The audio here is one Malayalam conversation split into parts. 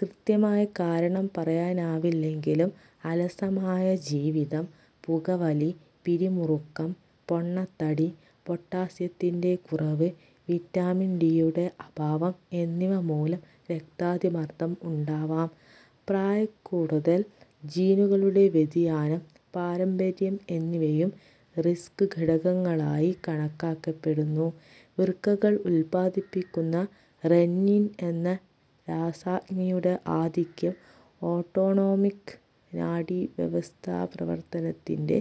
കൃത്യമായ കാരണം പറയാനാവില്ലെങ്കിലും അലസമായ ജീവിതം, പുകവലി, പിരിമുറുക്കം, പൊണ്ണത്തടി, പൊട്ടാസ്യത്തിന്റെ കുറവ്, വിറ്റാമിൻ ഡിയുടെ അഭാവം എന്നിവ മൂലം രക്താതിമർദ്ദം ഉണ്ടാവാം. പ്രായക്കൂടുതൽ, ജീനുകളുടെ വ്യതിയാനം, പാരമ്പര്യം എന്നിവയും 'റിസ്ക് ഘടകങ്ങളായി' കണക്കാക്കപ്പെടുന്നു. വൃക്കകൾ ഉല്പാദിപ്പിക്കുന്ന റെന്നിൻ എന്ന രാസാഗ്നിയുടെ ആധിക്യം ഓട്ടോണോമിക് നാഡീവ്യവസ്ഥാപ്രവർത്തനത്തിന്റെ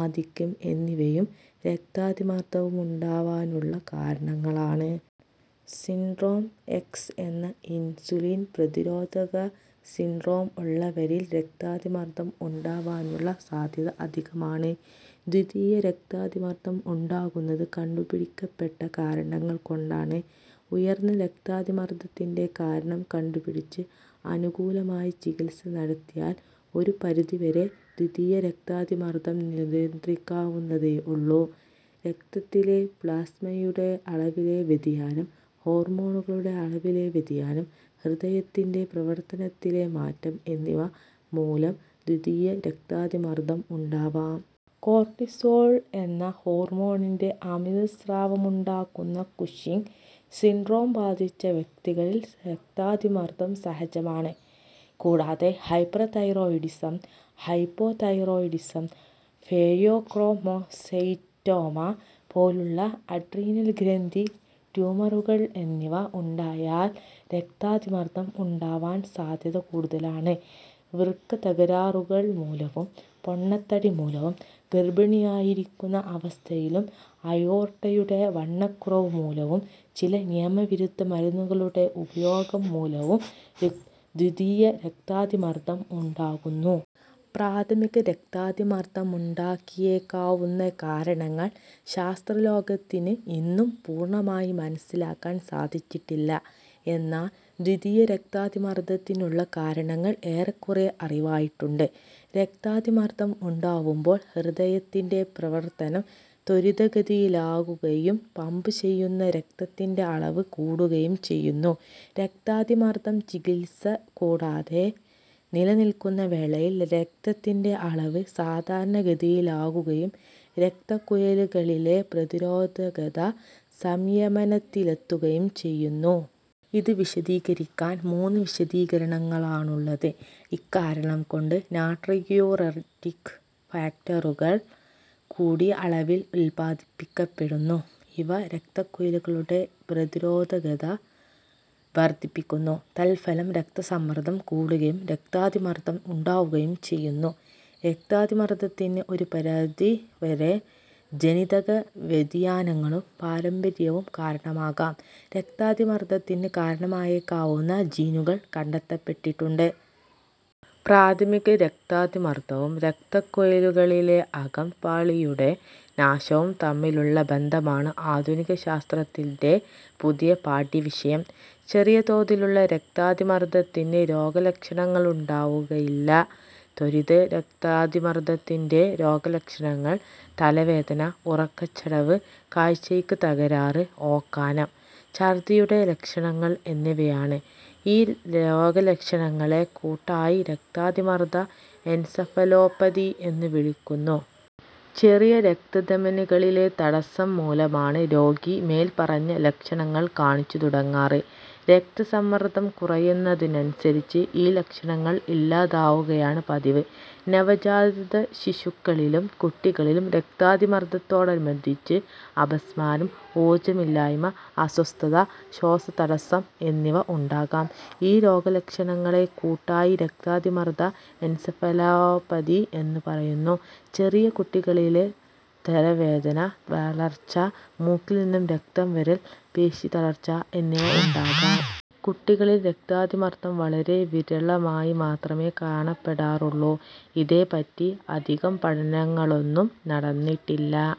ആധിക്യം എന്നിവയും രക്താതിമർദ്ദമുണ്ടാവാനുള്ള കാരണങ്ങളാണ്. 'സിൻഡ്രോം എക്സ്' എന്ന ഇൻസുലിൻ പ്രതിരോധക സിൻഡ്രോം ഉള്ളവരിൽ രക്താതിമർദ്ദം ഉണ്ടാവാനുള്ള സാധ്യത അധികമാണ്. ദ്വിതീയ രക്താതിമർദ്ദം ഉണ്ടാവുന്നത് കണ്ടുപിടിക്കപ്പെട്ട കാരണങ്ങൾ കൊണ്ടാണ്. ഉയർന്ന രക്താതിമർദ്ദത്തിന്റെ കാരണം കണ്ടുപിടിച്ച് അനുകൂലമായ ചികിത്സ നടത്തിയാൽ ഒരു പരിധിവരെ ദ്വിതീയ രക്താതിമർദ്ദം നിയന്ത്രിക്കാവുന്നതേ ഉള്ളൂ. രക്തത്തിലെ പ്ളാസ്മയുടെ അളവിലെ വ്യതിയാനം, ഹോർമോണുകളുടെ അളവിലെ വ്യതിയാനം, ഹൃദയത്തിന്റെ പ്രവർത്തനത്തിലെ മാറ്റം എന്നിവ മൂലം ദ്വിതീയ രക്താതിമർദ്ദം ഉണ്ടാവാം. കോർട്ടിസോൾ എന്ന ഹോർമോണിന്റെ അമിതസ്രാവമുണ്ടാക്കുന്ന കുഷിങ് സിൻഡ്രോം ബാധിച്ച വ്യക്തികളിൽ രക്താതിമർദ്ദം സഹജമാണ്. കൂടാതെ, ഹൈപ്പർതൈറോയിഡിസം, ഹൈപ്പോതൈറോയിഡിസം, ഫേയോക്രോമൊസൈറ്റോമ പോലുള്ള അഡ്രീനൽ ഗ്രന്ഥി ട്യൂമറുകൾ എന്നിവ ഉണ്ടായാൽ രക്താതിമർദ്ദം ഉണ്ടാവാൻ സാധ്യത കൂടുതലാണ്. വൃക്ക തകരാറുകൾ മൂലവും, പൊണ്ണത്തടി മൂലവും, ഗർഭിണിയായിരിക്കുന്ന അവസ്ഥയിലും, അയോർട്ടയുടെ വണ്ണക്കുറവുമൂലവും, ചില നിയമവിരുദ്ധ മരുന്നുകളുടെ ഉപയോഗം മൂലവും ദ്വിതീയ രക്താതിമർദ്ദം ഉണ്ടാകുന്നു.: പ്രാഥമിക രക്താതിമർദ്ദമുണ്ടാക്കിയേക്കാവുന്ന കാരണങ്ങൾ ശാസ്ത്രലോകത്തിന് ഇന്നും പൂർണ്ണമായി മനസ്സിലാക്കാൻ സാധിച്ചിട്ടില്ല. എന്നാൽ ദ്വിതീയ രക്താതിമർദ്ദത്തിനുള്ള കാരണങ്ങൾ ഏറെക്കുറെ അറിവായിട്ടുണ്ട്. രക്താതിമർദ്ദം ഉണ്ടാവുമ്പോൾ ഹൃദയത്തിന്റെ പ്രവർത്തനം ത്വരിതഗതിയിലാകുകയും പമ്പ് ചെയ്യുന്ന രക്തത്തിന്റെ അളവ് കൂടുകയും ചെയ്യുന്നു. രക്താതിമർദ്ദം ചികിത്സ കൂടാതെ നിലനിൽക്കുന്ന വേളയിൽ രക്തത്തിന്റെ അളവ് സാധാരണ ഗതിയിലാവുകയും രക്തക്കുഴലുകളിലെ പ്രതിരോധകത സംയമനത്തിലെത്തുകയും ചെയുന്നു. ഇത് വിശദീകരിക്കാൻ മൂന്ന് വിശദീകരണങ്ങളാണുള്ളത്: ഇക്കാരണം കൊണ്ട് നാട്രിയൂററ്റിക് ഫാക്ടറുകൾ കൂടിയ അളവിൽ ഉല്പാദിപ്പിക്കപ്പെടുന്നു. ഇവ രക്തക്കുഴലുകളുടെ പ്രതിരോധകത വർദ്ധിപ്പിക്കുന്നു. തൽഫലം രക്തസമ്മർദ്ദം കൂടുകയും, രക്താതിമർദ്ദം ഉണ്ടാവുകയും ചെയ്യുന്നു. രക്താതിമർദ്ദത്തിന് ഒരു പരിധി വരെ ജനിതക വ്യതിയാനങ്ങളും പാരമ്പര്യവും കാരണമാകാം. രക്താതിമർദ്ദത്തിന് കാരണമായേക്കാവുന്ന ജീനുകൾ കണ്ടെത്തപ്പെട്ടിട്ടുണ്ട്. പ്രാഥമിക രക്താതിമർദ്ദവും രക്തക്കുഴലുകളിലെ അകം പാളിയുടെ നാശവും തമ്മിലുള്ള ബന്ധമാണ് ആധുനിക ശാസ്ത്രത്തിന്റെ പുതിയ പാഠ്യവിഷയം. ചെറിയതോതിലുള്ള രക്താതിമർദ്ദത്തിന് രോഗലക്ഷണങ്ങളുണ്ടാവുകയില്ല. ത്വരിത രക്താതിമർദ്ദത്തിന്റെ രോഗലക്ഷണങ്ങൾ തലവേദന, ഉറക്കച്ചടവ്, കാഴ്ചയ്ക്ക് തകരാറ്, ഓക്കാനം. ഛർദ്ദിയുടെ ലക്ഷണങ്ങൾ എന്നിവയാണ്. ഈ രോഗലക്ഷണങ്ങളെ കൂട്ടായി രക്താതിമർദ്ദ എൻസഫാലോപതി എന്നു വിളിക്കുന്നു. ചെറിയ രക്തധമനികളിലെ തടസ്സം മൂലമാണ് രോഗി മേൽപ്പറഞ്ഞ ലക്ഷണങ്ങൾ കാണിച്ചുതുടങ്ങാറ്. രക്തസമ്മർദ്ദം കുറയുന്നതിനനുസരിച്ച് ഈ ലക്ഷണങ്ങൾ ഇല്ലാതാവുകയാണ് പതിവ്. നവജാതശിശുക്കളിലും കുട്ടികളിലും രക്താതിമർദ്ദത്തോടനുബന്ധിച്ച് അപസ്മാരം, ഊർജ്ജമില്ലായ്മ, അസ്വസ്ഥത, ശ്വാസതടസ്സം എന്നിവ ഉണ്ടാകാം. ഈ രോഗലക്ഷണങ്ങളെ കൂട്ടായി രക്താതിമർദ്ദ എൻസഫാലോപതി എന്നു പറയുന്നു. ചെറിയ കുട്ടികളിൽ തലവേദന, തളർച്ച, മൂക്കിൽ നിന്നും രക്തം വരൽ, പേശീതളർച്ച എന്നിവ ഉണ്ടാകാം. കുട്ടികളിൽ രക്താതിമർദ്ദം വളരെ വിരളമായി മാത്രമേ കാണപ്പെടാറുള്ളൂ. ഇതേപ്പറ്റി അധികം പഠനങ്ങളൊന്നും നടന്നിട്ടില്ല